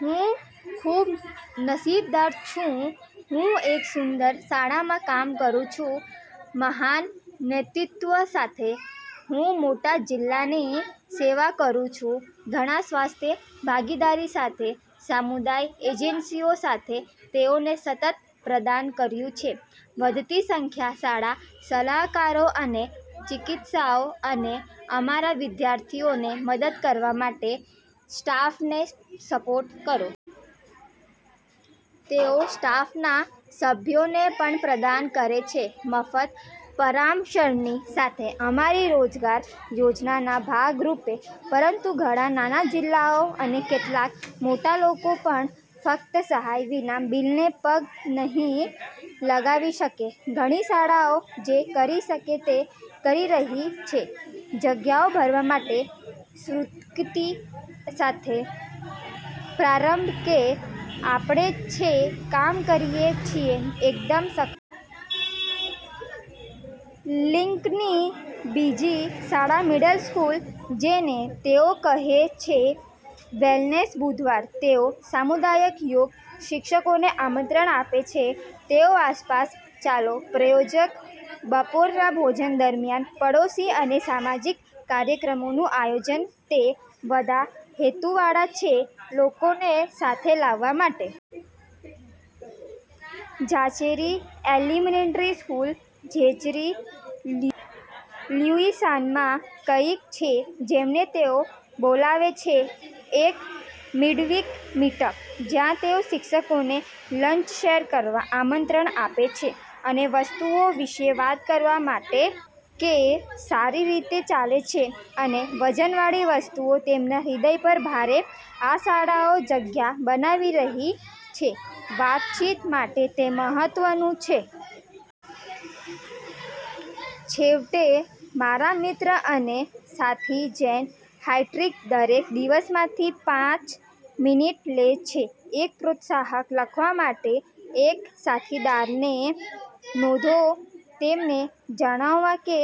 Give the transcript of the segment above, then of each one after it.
હું ખૂબ નસીબદાર છું. હું એક સુંદર શાળામાં કામ કરું છું મહાન નેતૃત્વ સાથે. હું મોટા જિલ્લાની સેવા કરું છું. ઘણા સ્વસ્થ ભાગીદારી સાથે સમુદાય એજન્સીઓ સાથે તેઓએ સતત પ્રદાન કર્યું છે. વધતી સંખ્યા શાળા સલાહકારો અને ચિકિત્સકો અને અમારા વિદ્યાર્થીઓને મદદ કરવા માટે સ્ટાફને સપોર્ટ કરો. તેઓ સ્ટાફના સભ્યોને પણ પ્રદાન કરે છે મફત પરામર્શની સાથે અમારી રોજગાર યોજનાના ભાગ રૂપે, પરંતુ ઘણા નાના જિલ્લાઓ અને કેટલાક મોટા લોકો પણ ફક્ત સહાય વિના બિલને પગ નહીં લગાવી શકે. ઘણી શાળાઓ જે કરી શકે તે કરી રહી છે જગ્યાઓ ભરવા માટે, સ્વીકૃતિ સાથે પ્રારંભ કે આપણે જે કામ કરીએ છીએ એકદમ સખત છે. લિંકનની બીજી શાળા મિડલ સ્કૂલ, જેને તેઓ કહે છે "વેલનેસ બુધવાર. " તેઓ સમુદાયના યોગ શિક્ષકોને આમંત્રણ આપે છે, તેઓ આસપાસ ચાલો પ્રાયોજક બપોરના ભોજન દરમિયાન પડોશી અને સામાજિક કાર્યક્રમોનું આયોજન તે બધા હેતુવાળા છે લોકોને સાથે લાવવા માટે. ઝાચેરી એલિમેન્ટરી સ્કૂલ ઝેચરી, લ્યુઇસિયાનામાં, કંઈક છે જેમને તેઓ બોલાવે છે એક "મિડવીક મીટઅપ," જ્યાં તેઓ શિક્ષકોને લંચ શેર કરવા આમંત્રણ આપે છે અને વસ્તુઓ વિશે વાત કરવા માટે કે સારી રીતે ચાલે છે અને વજનવાળી વસ્તુઓ તેમના હૃદય પર ભારે આ શાળાઓ જગ્યા બનાવી રહી છે વાતચીત માટે તે મહત્વનું છે. છેવટે, મારા મિત્ર અને સાથી જેન હાઇસ્ટ્રીટ દરેક દિવસમાંથી પાંચ મિનિટ લે છે, એક પ્રોત્સાહક લખવા માટે એક સાથીદારને નોંધો, તેમને જણાવવા કે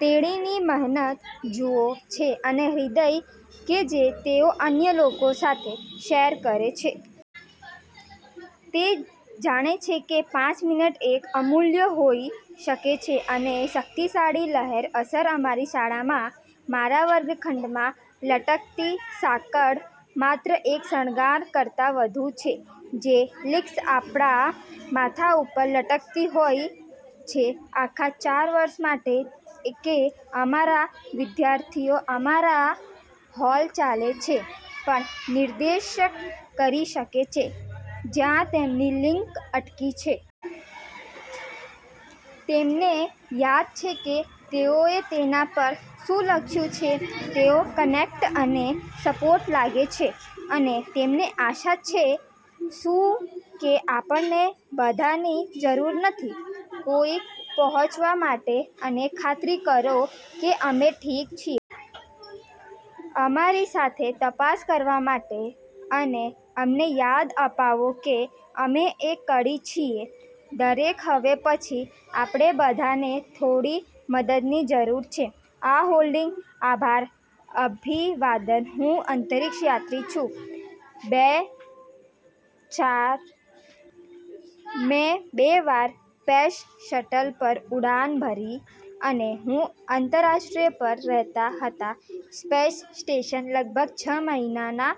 તેણીની મહેનત જુએ છે અને હૃદય કે જે તેઓ અન્ય લોકો સાથે શેર કરે છે. તે જાણે છે કે તે પાંચ મિનિટ એક અમૂલ્ય હોઈ શકે છે અને શક્તિશાળી લહેર અસર અમારી શાળામાં. મારા વર્ગખંડમાં લટકતી સાંકળ માત્ર એક શણગાર કરતાં વધુ છે. તે લિંક્સ આપણા માથા ઉપર લટકતી હોય છે આખા ચાર વર્ષ માટે કે અમારા વિદ્યાર્થીઓ અમારા હોલ ચાલે છે, પણ નિર્દેશ કરી શકે છે જ્યાં તેમની લિંક અટકી છે. તેમને યાદ છે કે તેઓએ તેના પર શું લખ્યું છે. તેઓ કનેક્ટેડ અને સપોર્ટેડ લાગે છે અને તેમને આશા છે. શું એ આપણને બધાની જરૂર નથી? કોઈક પહોંચવા માટે અને ખાતરી કરો કે અમે ઠીક છીએ. અમારી સાથે તપાસ કરવા માટે અને અમને યાદ અપાવો કે અમે એક કડી છીએ. દરેક હવે પછી, આપણે બધાને થોડી મદદની જરૂર છે આ હોલ્ડિંગ. આભાર. અભિવાદન હું અંતરિક્ષયાત્રી છું. મેં બે વાર પેસ શટલ પર ઉડાન ભરી અને હું આંતરરાષ્ટ્રીય પર રહેતા હતા સ્પેસ સ્ટેશન લગભગ છ મહિના માટે.